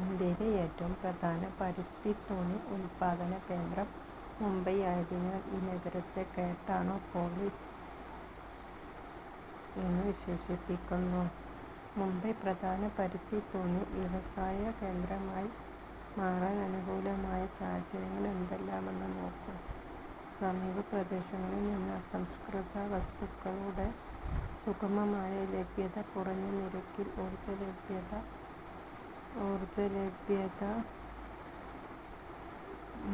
ഇന്ത്യയിലെ ഏറ്റവും പ്രധാന പരുത്തിത്തുണി ഉൽപ്പാദനകേന്ദ്രം മുംബൈ ആയതിനാൽ ഈ നഗരത്തെ "കോട്ടോണോപോളിസ്' എന്നു വിശേഷിപ്പിക്കുന്നു. മുംബൈ പ്രധാന പരുത്തിത്തുണി വ്യവസായകേന്ദ്രമായി മാറാൻ അനുകൂലമായ സാഹചര്യങ്ങൾ എന്തെല്ലാമെന്ന് നോക്കൂ. സമീപപ്രദേശങ്ങളിൽനിന്ന് അസംസ്കൃതവസ്തുക്കളുടെ സുഗമമായ ലഭ്യത. കുറഞ്ഞനിരക്കിൽ ഊർജലഭ്യത.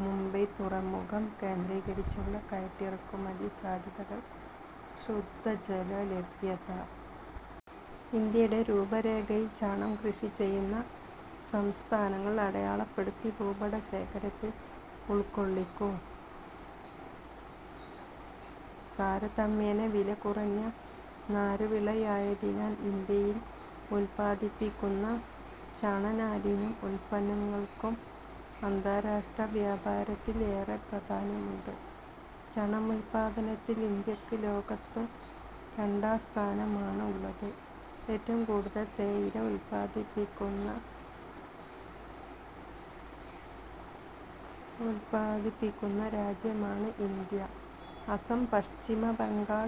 മൂംബൈ തുറമുഖം കേന്ദ്രീകരിച്ചുള്ള കയറ്റിറക്കുമതി സാധ്യതകൾ. ശുദ്ധജലലഭ്യത. ഇന്ത്യയുടെ രൂപരേഖയിൽ ചണം കൃഷി ചെയ്യുന്ന സംസ്ഥാനങ്ങൾ അടയാളപ്പെടുത്തി ഭൂപടശേഖരത്തിൽ ഉൾക്കൊള്ളിക്കു. താരതമ്യേന വിലകുറഞ്ഞ നാരുവിളയായതിനാൽ ഇന്ത്യയിൽ ഉൽപ്പാദിപ്പിക്കുന്ന ചണനാരിനും ഉൽപ്പന്നങ്ങൾക്കും അന്താരാഷ്ട്ര വ്യാപാരത്തിൽ ഏറെ പ്രാധാന്യമുണ്ട്. ചണമുൽപാദനത്തിൽ ഇന്ത്യക്ക് ലോകത്തു രണ്ടാം സ്ഥാനമാണുള്ളത്. ഏറ്റവും കൂടുതൽ തേയില ഉൽപ്പാദിപ്പിക്കുന്ന രാജ്യമാണ് ഇന്ത്യ. അസം, പശ്ചിമബംഗാൾ,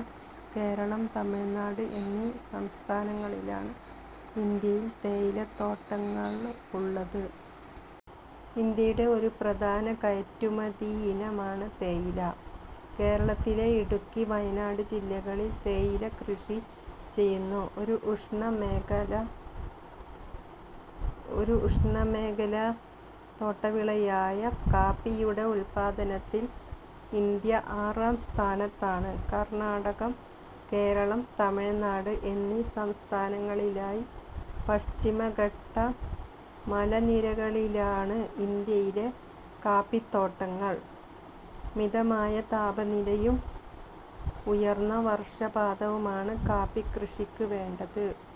കേരളം, തമിഴ്നാട് എന്നീ സംസ്ഥാനങ്ങളിലാണ് ഇന്ത്യയിൽ തേയിലത്തോട്ടങ്ങളുള്ളത്. ഇന്ത്യയുടെ ഒരു പ്രധാന കയറ്റുമതിയിനമാണ് തേയില. കേരളത്തിലെ ഇടുക്കി, വയനാട് ജില്ലകളിൽ തേയില കൃഷി ചെയ്യുന്നു. ഒരു ഉഷ്ണമേഖലാ തോട്ടവിളയായ കാപ്പിയുടെ ഉൽപ്പാദനത്തിൽ ഇന്ത്യ ആറാം സ്ഥാനത്താണ്. കർണാടകം, കേരളം, തമിഴ്നാട് എന്നീ സംസ്ഥാനങ്ങളിലായി പശ്ചിമഘട്ടമലനിരകളിലാണ് ഇന്ത്യയിലെ കാപ്പിത്തോട്ടങ്ങൾ. മിതമായ താപനിലയും ഉയർന്ന വർഷപാതവുമാണ് കാപ്പിക്ക്യഷിക്ക് വേണ്ടത്.